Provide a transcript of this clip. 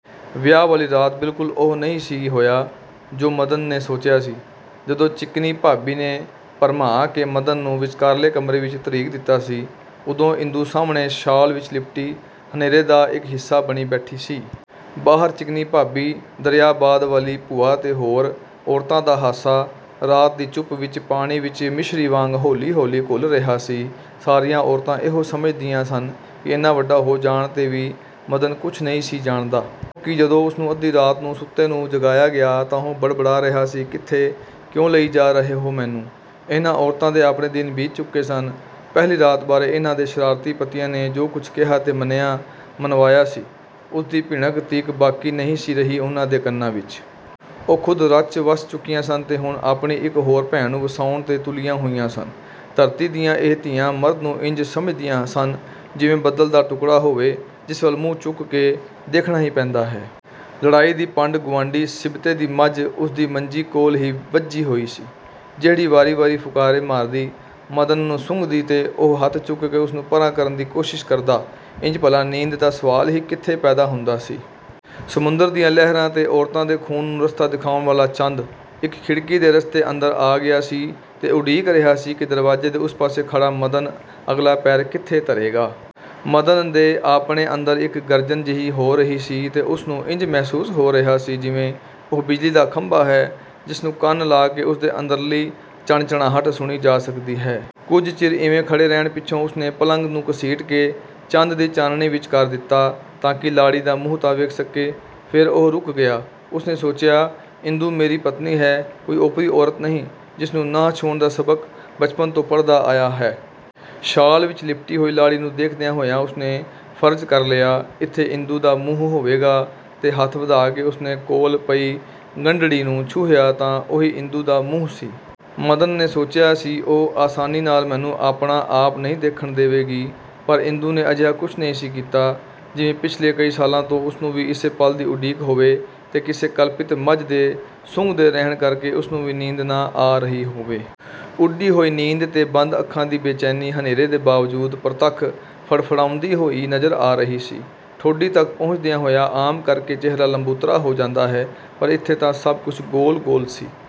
ਵਿਆਹ ਵਾਲੀ ਰਾਤ ਬਿਲਕੁਲ ਉਹ ਨਹੀਂ ਸੀ ਹੋਇਆ ਜੋ ਮਦਨ ਨੇ ਸੋਚਿਆ ਸੀ। ਜਦੋਂ ਚਿਕਨੀ ਭਾਬੀ ਨੇ ਭਰਮਾਅ ਕੇ ਮਦਨ ਨੂੰ ਵਿਚਕਾਰਲੇ ਕਮਰੇ ਵਿਚ ਧਰੀਕ ਦਿਤਾ ਸੀ, ਉਦੋਂ ਇੰਦੂ ਸਾਹਮਣੇ ਸ਼ਾਲ ਵਿਚ ਲਿਪਟੀ, ਹਨੇਰੇ ਦਾ ਇਕ ਹਿੱਸਾ ਬਣੀ ਬੈਠੀ ਸੀ। ਬਾਹਰ ਚਿਕਨੀ ਭਾਬੀ, ਦਰਿਆਬਾਦ ਵਾਲੀ ਭੂਆ ਤੇ ਹੋਰ ਔਰਤਾਂ ਦਾ ਹਾਸਾ, ਰਾਤ ਦੀ ਚੁੱਪ ਵਿਚ ਪਾਣੀ ਵਿਚ ਮਿਸ਼ਰੀ ਵਾਂਗ ਹੌਲੀ–ਹੌਲੀ ਘੁਲ ਰਿਹਾ ਸੀ। ਸਾਰੀਆਂ ਔਰਤਾਂ ਇਹੋ ਸਮਝਦੀਆਂ ਸਨ ਕਿ ਏਨਾ ਵੱਡਾ ਹੋ ਜਾਣ 'ਤੇ ਵੀ ਮਦਨ ਕੁਝ ਨਹੀਂ ਸੀ ਜਾਣਦਾ। ਕਿਉਂਕਿ ਜਦੋਂ ਉਸਨੂੰ ਅੱਧੀ ਰਾਤ ਨੂੰ ਸੁੱਤੇ ਨੂੰ ਜਗਾਇਆ ਗਿਆ ਤਾਂ ਉਹ ਬੜਬੜਾ ਰਿਹਾ ਸੀ-"ਕਿੱਥੇ, ਕਿਉਂ ਲਈ ਜਾ ਰਹੇ ਹੋ ਮੈਨੂੰ? " ਇਹਨਾਂ ਔਰਤਾਂ ਦੇ ਆਪਣੇ ਦਿਨ ਬੀਤ ਚੁੱਕੇ ਸਨ। ਪਹਿਲੀ ਰਾਤ ਬਾਰੇ ਇਹਨਾਂ ਦੇ ਸ਼ਰਾਰਤੀ ਪਤੀਆਂ ਨੇ ਜੋ ਕੁਝ ਕਿਹਾ ਤੇ ਮੰਨਿਆਂ–ਮਨਵਾਇਆ ਸੀ, ਉਸਦੀ ਭਿਣਕ ਤੀਕ ਬਾਕੀ ਨਹੀਂ ਸੀ ਰਹੀ ਉਹਨਾਂ ਦੇ ਕੰਨਾਂ ਵਿਚ। ਉਹ ਖ਼ੁਦ ਰਚ–ਵੱਸ ਚੁੱਕੀਆਂ ਸਨ ਤੇ ਹੁਣ ਆਪਣੀ ਇਕ ਹੋਰ ਭੈਣ ਨੂੰ ਵਸਾਉਣ 'ਤੇ ਤੁਲੀਆਂ ਹੋਈਆਂ ਸਨ। ਧਰਤੀ ਦੀਆਂ ਇਹ ਧੀਆਂ ਮਰਦ ਨੂੰ ਇੰਜ ਸਮਝਦੀਆਂ ਸਨ, ਜਿਵੇਂ ਬੱਦਲ ਦਾ ਟੁਕੜਾ ਹੋਵੇ, ਜਿਸ ਵੱਲ ਮੂੰਹ ਚੁੱਕ ਕੇ ਦੇਖਣਾ ਹੀ ਪੈਂਦਾ ਹੈ। ਲੜਾਈ ਦੀ ਪੰਡ ਗੁਆਂਢੀ ਸਿਬਤੇ ਦੀ ਮੱਝ ਉਸਦੀ ਮੰਜੀ ਕੋਲ ਹੀ ਵੱਝੀ ਹੋਈ ਸੀ, ਜਿਹੜੀ ਵਾਰੀ ਵਾਰੀ ਫੁਕਾਰੇ ਮਾਰਦੀ, ਮਦਨ ਨੂੰ ਸੁੰਘਦੀ ਤੇ ਉਹ ਹੱਥ ਚੁੱਕ ਕੇ ਉਸਨੂੰ ਪਰ੍ਹਾਂ ਕਰਨ ਦੀ ਕੋਸ਼ਿਸ਼ ਕਰਦਾ-ਇੰਜ ਭਲਾ ਨੀਂਦ ਦਾ ਸਵਾਲ ਹੀ ਕਿੱਥੇ ਪੈਦਾ ਹੁੰਦਾ ਸੀ? ਸਮੁੰਦਰ ਦੀਆਂ ਲਹਿਰਾਂ ਤੇ ਔਰਤਾਂ ਦੇ ਖ਼ੂਨ ਨੂੰ ਰਸਤਾ ਦਿਖਾਉਣ ਵਾਲਾ ਚੰਦ, ਇਕ ਖਿੜਕੀ ਦੇ ਰਸਤੇ ਅੰਦਰ ਆ ਗਿਆ ਸੀ ਤੇ ਉਡੀਕ ਰਿਹਾ ਸੀ ਕਿ ਦਰਵਾਜ਼ੇ ਦੇ ਉਸ ਪਾਸੇ ਖੜ੍ਹਾ ਮਦਨ ਅਗਲਾ ਪੈਰ ਕਿੱਥੇ ਧਰੇਗਾ? ਮਦਨ ਦੇ ਆਪਣੇ ਅੰਦਰ ਇਕ ਗਰਜਨ ਜਿਹੀ ਹੋ ਰਹੀ ਸੀ ਤੇ ਉਸਨੂੰ ਇੰਜ ਮਹਿਸੂਸ ਹੋ ਰਿਹਾ ਸੀ ਜਿਵੇਂ ਉਹ ਬਿਜਲੀ ਦਾ ਖੰਭਾ ਹੈ ਜਿਸਨੂੰ ਕੰਨ ਲਾ ਕੇ ਉਸਦੇ ਅੰਦਰਲੀ ਝਣਝਣਾਹਟ ਸੁਣੀ ਜਾ ਸਕਦੀ ਹੈ। ਕੁਝ ਚਿਰ ਇਵੇਂ ਖੜ੍ਹੇ ਰਹਿਣ ਪਿੱਛੋਂ ਉਸਨੇ ਪਲੰਘ ਨੂੰ ਘਸੀਟ ਕੇ ਚੰਦ ਦੀ ਚਾਨਣੀ ਵਿਚ ਕਰ ਦਿਤਾ ਤਾਂਕਿ ਲਾੜੀ ਦਾ ਮੂੰਹ ਤਾਂ ਵੇਖ ਸਕੇ। ਫੇਰ ਉਹ ਰੁਕ ਗਿਆ। ਉਸਨੇ ਸੋਚਿਆ ਇੰਦੂ ਮੇਰੀ ਪਤਨੀ ਹੈ, ਕੋਈ ਓਪਰੀ ਔਰਤ ਨਹੀਂ ਜਿਸਨੂੰ ਨਾ ਛੂਹਣ ਦਾ ਸਬਕ ਬਚਪਨ ਤੋਂ ਪੜ੍ਹਦਾ ਆਇਆ ਹੈ। ਸ਼ਾਲ ਵਿਚ ਲਿਪਟੀ ਹੋਈ ਲਾੜੀ ਨੂੰ ਦੇਖਦਿਆਂ ਹੋਇਆਂ ਉਸਨੇ ਫਰਜ਼ ਕਰ ਲਿਆ, ਇੱਥੇ ਇੰਦੂ ਦਾ ਮੂੰਹ ਹੋਵੇਗਾ, ਤੇ ਹੱਥ ਵਧਾਅ ਕੇ ਉਸਨੇ ਕੋਲ ਪਈ ਗੰਢੜੀ ਨੂੰ ਛੂਹਿਆ ਤਾਂ ਉਹੀ ਇੰਦੂ ਦਾ ਮੂੰਹ ਸੀ। ਮਦਨ ਨੇ ਸੋਚਿਆ ਸੀ ਉਹ ਆਸਾਨੀ ਨਾਲ ਮੈਨੂੰ ਆਪਣਾ ਆਪ ਨਹੀਂ ਦੇਖਣ ਦਵੇਗੀ, ਪਰ ਇੰਦੂ ਨੇ ਅਜਿਹਾ ਕੁਝ ਨਹੀਂ ਸੀ ਕੀਤਾ, ਜਿਵੇਂ ਪਿੱਛਲੇ ਕਈ ਸਾਲਾਂ ਤੋਂ ਉਸਨੂੰ ਵੀ ਇਸੇ ਪਲ ਦੀ ਉਡੀਕ ਹੋਵੇ-ਤੇ ਕਿਸੇ ਕਲਪਿਤ ਮੱਝ ਦੇ ਸੁੰਘਦੇ ਰਹਿਣ ਕਰਕੇ ਉਸਨੂੰ ਵੀ ਨੀਂਦ ਨਾ ਆ ਰਹੀ ਹੋਵੇ। ਉੱਡੀ ਹੋਈ ਨੀਂਦ ਤੇ ਬੰਦ ਅੱਖਾਂ ਦੀ ਬੇਚੈਨੀ ਹਨੇਰੇ ਦੇ ਬਾਵਜੂਦ ਪਰਤੱਖ ਫੜਫੜਾਉਂਦੀ ਹੋਈ ਨਜ਼ਰ ਆ ਰਹੀ ਸੀ। ਠੋਡੀ ਤਕ ਪਹੁੰਚਦਿਆਂ ਹੋਇਆਂ ਆਮ ਕਰਕੇ ਚਿਹਰਾ ਲੰਬੂਤਰਾ ਹੋ ਜਾਂਦਾ ਹੈ, ਪਰ ਇੱਥੇ ਤਾਂ ਸਭ ਕੁਝ ਗੋਲ ਗੋਲ ਸੀ।